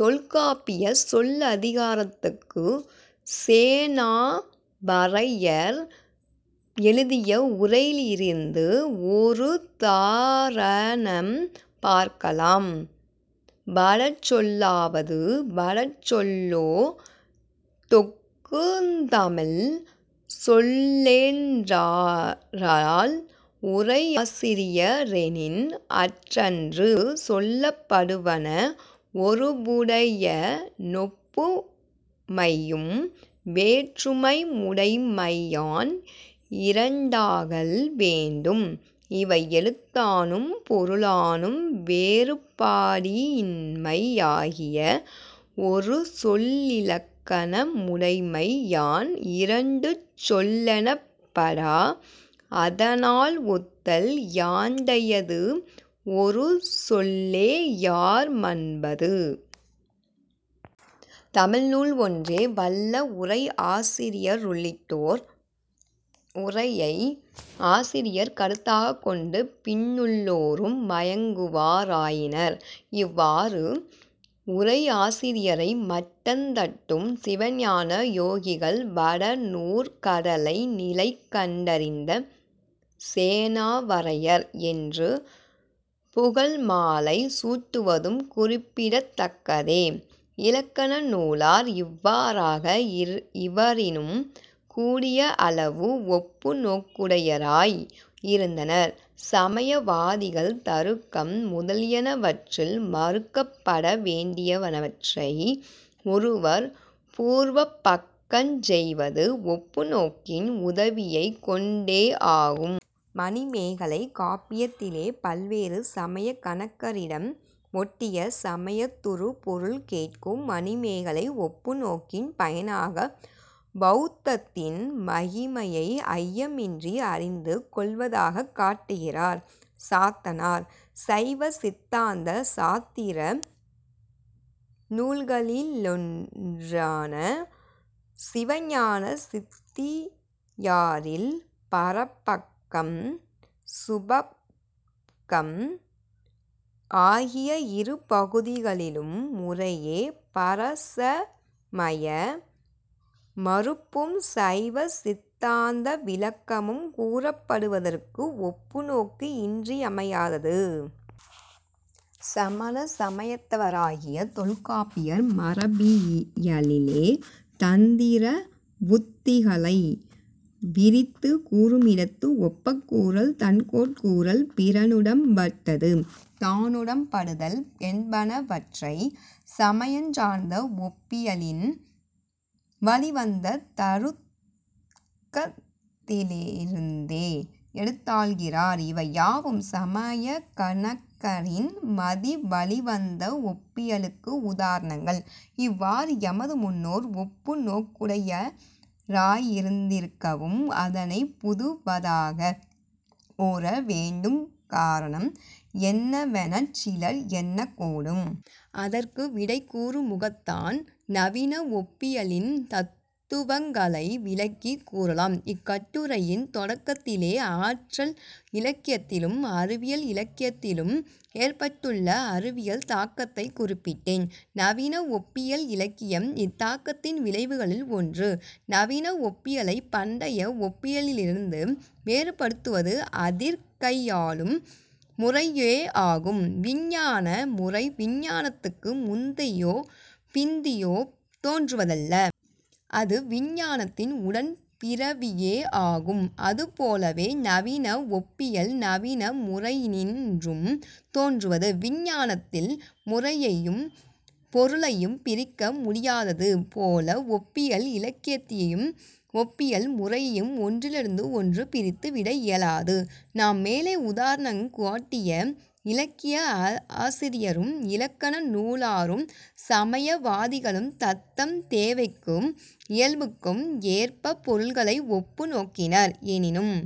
தொல்காப்பியச் சொல்லதிகாரத்துச் சேனாவரையர் எழுதிய உரையிலிருந்து ஒருதாரணம் பார்க்கலாம்: "வட சொல்லாவது வட சொல்லோடொக்குந் தமிழ்ச் சொல்லென்றாரால் உரையாசிரியரெனின், அற்றன்று: ஒக்குமென்று சொல்லப்படுவன ஒருபுடையனொப்புமையும் வேற்றுமைமுடைமையான் இரண்டாகல் வேண்டும். இவை எழுத்தானும் பொருளானும் வேறுபாடின்மையாகிய ஒரு சொல்லிலக்கணமுடைமையான் இரண்டு சொல்லெனப்படா: அதனால் ஒத்தல் யாண்டையது? ஒரு சொல்லேயார்மன்பது. தமிழ் நூல் ஒன்றே வல்ல உரையாசிரியருள்ளிட்டோர் உரையை ஆசிரியர் கருத்தாகக் கொண்டு பின்னுள்ளோரும் மயங்குவாராயினர். இவ்வாறு உரையாசிரியரை மட்டந்தட்டும் சிவஞான யோகிகள் வட நூற் கடலை நிலைகண்டறிந்த சேனாவரையர் என்று புகழ்மாலை சூட்டுவதும் குறிப்பிடத்தக்கதே. இலக்கண நூலார் இவ்வாறாக இவரினும் கூடியளவு ஒப்புநோக்குடையராய் இருந்தனர். சமயவாதிகள் தருக்கம் முதலியனவற்றில் மறுக்கப்பட வேண்டியனவற்றை ஒருவர் பூர்வபக்கஞ் செய்வது ஒப்புநோக்கின் உதவியைக் கொண்டேயாகும். மணிமேகலைக் காப்பியத்திலே பல்வேறு சமயக் கணக்கரிடம் ஒட்டிய சமயத் துறுபொருள் கேட்கும் மணிமேகலை ஒப்புநோக்கின் பயனாக பௌத்தத்தின் மகிமையை ஐயமின்றி அறிந்து கொள்வதாகக் காட்டுகிறார் சாத்தனார். சைவ சித்தாந்த சாத்திர நூல்களிலொன்றான சிவஞான சித்தியாரில் பரபக்கம், சுபக்கம் ஆகிய இரு பகுதிகளிலும் முறையே பரசமய மறுப்பும் சைவ சித்தாந்த விளக்கமும் கூறப்படுவதற்கு ஒப்புநோக்கு இன்றியமையாதது. சமண சமயத்தவராகிய தொல்காப்பியர் மரபியலிலே தந்திரவுத்திகளை விரித்துக் கூறுமிடத்து, ஒப்பக்கூறல், தன்கோட்கூறல், பிறனுடம்பட்டது தானுடம்படுதல் என்பனவற்றை சமயஞ் சார்ந்த ஒப்பியலின் வழிவந்த தருக்கத்திலிருந்தே எடுத்தாள்கிறார். இவையாவும் சமயக் கணக்கரின் மதி வழிவந்த ஒப்பியலுக்கு உதாரணங்கள். இவ்வாறு எமது முன்னோர் ஒப்பு நோக்குடையராயிருந்திருக்கவும் அதனைப் புதுவதாகக் கூற வேண்டுங் காரணம் என்னவெனச் சிலர் எண்ணக் கூடும். அதற்கு விடை கூறுமுகத்தான் நவீன ஒப்பியலின் தத்துவங்களை விளக்கிக் கூறலாம். இக் கட்டுரையின் தொடக்கத்திலே ஆற்றல் இலக்கியத்திலும் அறிவிலக்கியத்திலும் ஏற்பட்டுள்ள அறிவியல் தாக்கத்தைக் குறிப்பிட்டேன். நவீன ஒப்பியல் இலக்கியம் இத்தாக்கத்தின் விளைவுகளில் ஒன்று. நவீன ஒப்பியலைப் பண்டைய ஒப்பியலிலிருந்து வேறுபடுத்துவது அதிற்கையாளும் முறையேயாகும். விஞ்ஞான முறை விஞ்ஞானத்துக்கு முந்தியோ பிந்தியோ தோன்றுவதல்ல. அது விஞ்ஞானத்தின் உடன் பிறவியேயாகும். அதுபோலவே, நவீன ஒப்பியல் நவீன முறையினின்றும் தோன்றுவது. விஞ்ஞானத்தில் முறையையும் பொருளையும் பிரிக்க முடியாதது போல ஒப்பியல் இலக்கியத்தையும் ஒப்பியல் முறையையும் ஒன்றிலிருந்து ஒன்று பிரித்து விட இயலாது. நாம் மேலே உதாரணங் காட்டிய இலக்கிய ஆசிரியரும் இலக்கண நூலாரும் சமய வாதிகளும் தத்தம் தேவைக்கும் இயல்புக்கும் ஏற்பப் பொருள்களை ஒப்பு நோக்கினர். எனினும்